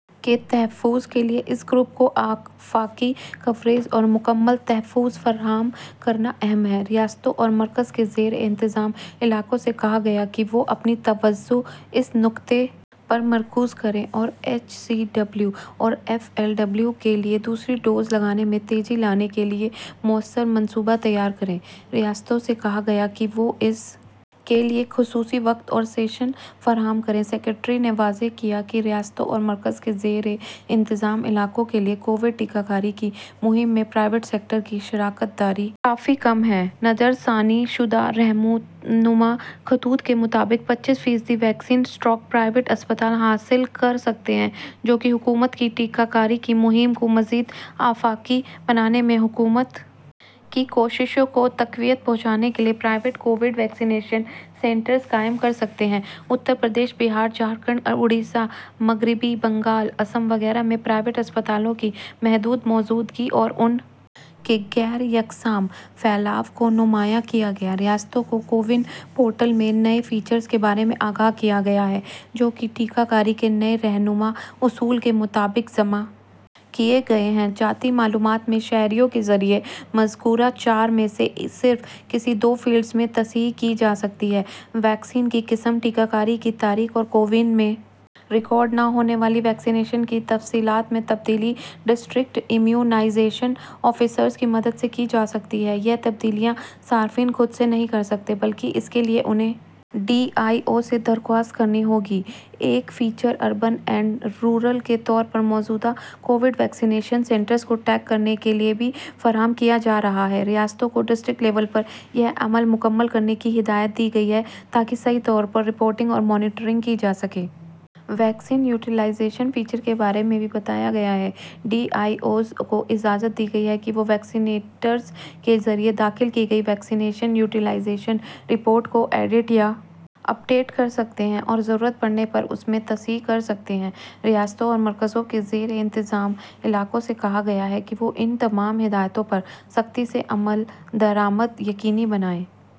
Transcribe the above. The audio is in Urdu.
کے تحفظ کے لیے اس گروپ کو آفاقی کوریج اور مکمل تحفظ فراہم کرنا اہم ہے ریاستوں اور مرکز کے زیر انتظام علاقوں سے کہا گیا ہے کہ وہ اپنی توجہ اس نکتہ پر مرکوز کریں اور ایچ سی ڈبلیو اور ایف ایل ڈبلیو کے لیے دوسری ڈوز لگانے میں تیزی لانے کے لیے موثر منصوبہ تیار کریں ریاستوں سے کہا گیا ہے کہ وہ اس کے لیے خصوصی وقت اور سیشن فراہم کریں سکریٹری نے واضح کیا کہ ریاستوں اور مرکز کے زیر انتظام علاقوں کے لیے کووڈ ٹیکہ کاری کی مہم میں پرائیویٹ سیکٹر کی شراکت داری کافی کم ہے نظرثانی شدہ رہنما خطوط کے مطابق پچیس فیصد ویکسین اسٹاک پرائیویٹ اسپتال حاصل کر سکتے ہیں جو کہ حکومت کی ٹیکہ کاری کی مہم کو مزید آفاقی بنانے میں حکومت کی کوششوں کو تقویت پہنچانے کے لیے private covid vaccination centres قائم کر سکتے ہیں اتر پردیش بہار جھارکھنڈ اڈیشہ مغربی بنگال آسام وغیرہ میں پرائیویٹ اسپتالوں کی محدود موجودگی اور ان کے غیر یکساں پھیلاؤ کو نمایاں کیا گیا ریاستوں کو کووِن پورٹل میں نئے فیچرز کے بارے میں آگاہ کیا گیا ہے جو کہ ٹیکہ کاری کے نئے رہنما اصول کے مطابق جمع کیے گئے ہیں ذاتی معلومات میں شہریوں کے ذریعہ مذکورہ چار میں سے صرف کسی دو فیلڈز میں تصحیح کی جا سکتی ہے ویکسین کی قسم ٹیکہ کاری کی تاریخ اور کووِن میں ریکارڈ نہ ہونے والی ویکسی نیشن کی تفصیلات میں تبدیلی ڈسٹرکٹ امیونائزیشن آفیسرز کی مدد سے کی جا سکتی ہے یہ تبدیلیاں صارفین خود سے نہیں کر سکتے بلکہ اس کے لیے انہیں ڈی آئی او سے درخواست کرنی ہوگی ایک فیچر اربن اینڈ رورل کے طور پر موجودہ کووڈ ویکسی نیشن سینٹرز کو ٹیگ کرنے کے لیے بھی فراہم کیا جا رہا ہے ریاستوں کو ویکسین یوٹیلائزیشن فیچر کے بارے میں بھی بتایا گیا ہے ڈی آئی اوز کو اجازت دی گئی ہے کہ وہ ویکسی نیٹرس کے ذریعہ داخل کی گئی ویکسین یوٹیلائزیشن رپورٹ کو ایڈٹ یا اپ ڈیٹ کر سکتے ہیں اور ضرورت پڑنے پر اس میں تصحیح کر سکتے ہیں ریاستوں اور مرکز کے زیر انتظام علاقوں سے کہا گیا ہے کہ وہ ان تمام ہدایات پر سختی سے عمل درآمد یقینی بنائیں